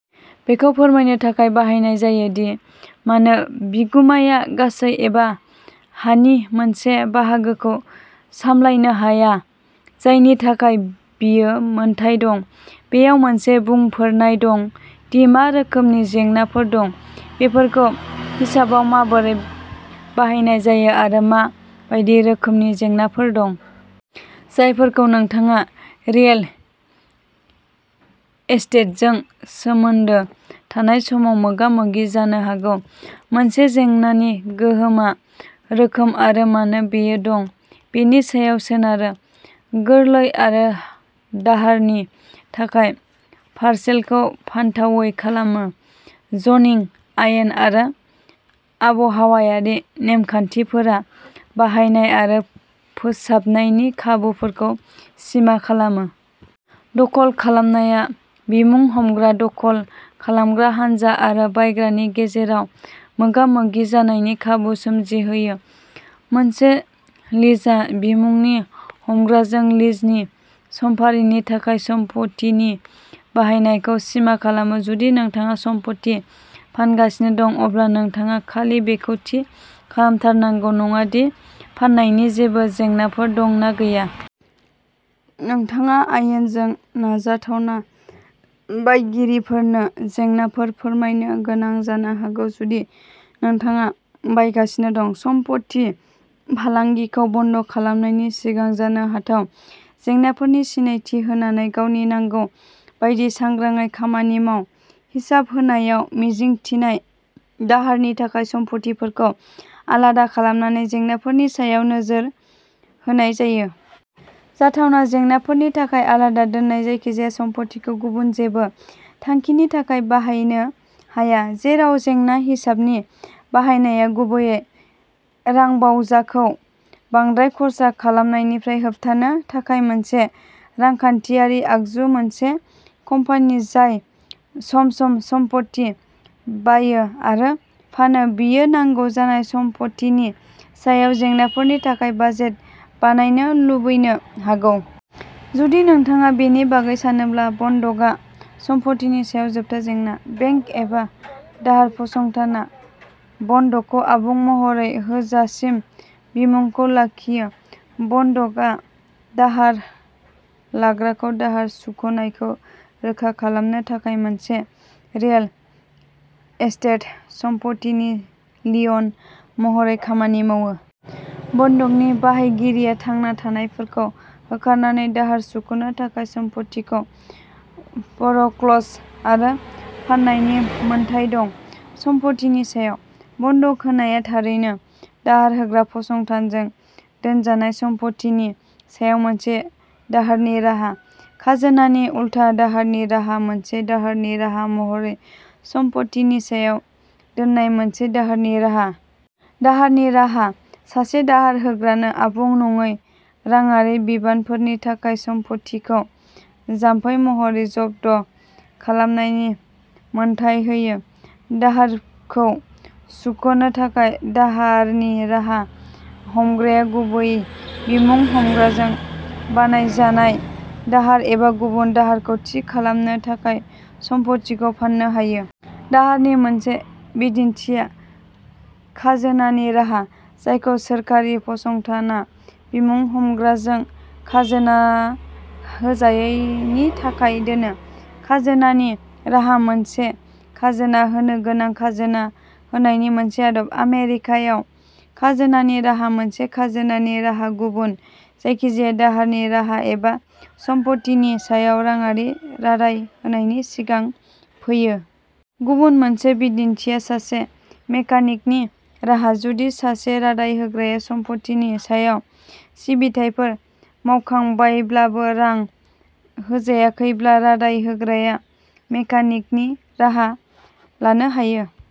बेखौ फोरमायनो थाखाय बाहायनाय जायो दि मानो बिगुमाया गासै एबा हानि मोनसे बाहागोखौ सामलायनो हाया। जायनि थाखाय बियो मोनथाय दं। बेयाव मोनसे बुंफोरनाय दं दि मा रोखोमनि जेंनाफोर दं। बेफोरखौ हिसाबाव माबोरै बाहायनाय जायो आरो मा बायदि रोखोमनि जेंनाफोर दं। जायफोरखौ नोंथाङा रियेल एस्टेटजों सोमोन्दो थानाय समाव मोगा-मोगि जानो हागौ। मोनसे जेंनानि गोहोमआ रोखोम आरो मानो बेयो दं बेनि सायाव सोनारो। गोरलै आरो दाहारनि थाखाय पारसेलखौ फानथावै खालामो। जनिं आयेन आरो आबहावायारि नेम-खान्थिफोरा बाहायनाय आरो फोसाबनायनि खाबुफोरखौ सिमा खालामो। दखल खालामनाया बिमुं-हमग्रा दखल खालामग्रा हानजा आरो बायग्रानि गेजेराव मोगा-मोगि जानायनि खाबु सोमजिहोयो। मोनसे लिजआ बिमुंनि हमग्राजों लिजनि समफारिनि थाखाय सम्पथिनि बाहायनायखौ सिमा खालामो। जुदि नोंथाङा सम्पथि फानगासिनो दं। अब्ला नोंथाङा खालि बेखौ थि खालामथारनांगौ नङा दि फाननायनि जेबो जेंनाफोर दं ना गैया। नोंथाङा आयेनजों नाजाथावना बायगिरिफोरनो जेंनाफोर फोरमायनो गोनां जानो हागौ। जुदि नोंथाङा बायगासिनो दं। सम्फथि फालांगिखौ बन्द खालामनायनि सिगां जानो हाथाव जेंनाफोरनि सिनायथि होनानै गावनि नांगौ बायदि सांग्राङै खामानि माव। हिसाब होनायाव मिजिंथिनाय दाहारनि थाखाय सम्फथिफोरखौ आलादा खालामनानै जेंनाफोरनि सायाव नोजोर होनाय जायो। जाथावना जेंनाफोरनि थाखाय आलादा दोननाय जायखिजाया सम्फथिखौ गुबुन जेबो थांखिनि थाखाय बाहायनो हाया। जेराव जेंना हिसाबनि बाहायनाया गुबैयै रांबावजाखौ बांद्राय खर्सा खालामनायनिफ्राय होबथानो थाखाय मोनसे रांखान्थियारि आगजु मोनसे कम्पानि जाय सम-सम सम्फथि बायो आरो फानो बियो नांगौ जानाय सम्फथिनि सायाव जेंनाफोरनि थाखाय बाजेट बानायनो लुबैनो हागौ। जुदि नोंथाङा बेनि बागै सानोब्ला बन्दकआ सम्पथिनि सायाव जोबथा जेंना। बेंक एबा दाहार फसंथानआ बन्दकखौ आबुं महरै होजासिम बिमुंखौ लाखियो। बन्दकआ दाहार लाग्राखौ दाहार सुख'नायखौ रोखा खालामनो थाखाय मोनसे रियेल एस्टेट सम्पथिनि लियन महरै खामानि मावो। बन्दकनि बाहागिरिया थांना थानायफोरखौ होखारनानै दाहार सुख'नो थाखाय सम्फथिखौ फ'रक्ल'ज आरो फाननायनि मोन्थाइ दं। सम्फथिनि सायाव। बन्दक होनाया थारैनो दाहार होग्रा फसंथानजों दोनजानाय सम्फथिनि सायाव मोनसे दाहारनि राहा। खाजोनानि उल्था दाहारनि राहा मोनसे दाहारनि राहा महरै सम्फथिनि सायाव दोननाय मोनसे दाहारनि राहा। दाहारनि राहा सासे दाहार होग्रानो आबुं नङै राङारि बिबानफोरनि थाखाय सम्फथिखौ जामफै महरै जब्द खालामनायनि मोन्थाइ होयो। दाहारखौ सुख'नो थाखाय दाहारनि राहा हमग्राया गुबै बिमुं हमग्राजों बानायजानाय दाहार एबा गुबुन दाहारखौ थि खालामनो थाखाय सम्फथिखौ फान्नो हायो। दाहारनि मोनसे बिदिन्थिआ खाजोनानि राहा जायखौ सोरखारि फसंथानआ बिमुं हमग्राजों खाजोना होजायैनि थाखाय दोनो। खाजोनानि राहा मोनसे खाजोना होनोगोनां खाजोना होनायनि मोनसे आदब। आमेरिकायाव खाजोनानि राहा मोनसे खाजोनानि राहा गुबुन जायखिजाया दाहारनि राहा एबा सम्फथिनि सायाव राङारि रादाय होनायनि सिगां फैयो। गुबुन मोनसे बिदिन्थिआ सासे मेकानिकनि राहा। जुदि सासे रादाय होग्राया सम्फथिनि सायाव सिबिथायफोर मावखांबायब्लाबो रां होजायाखैब्ला रादाय होग्राया मेकानिकनि राहा लानो हायो।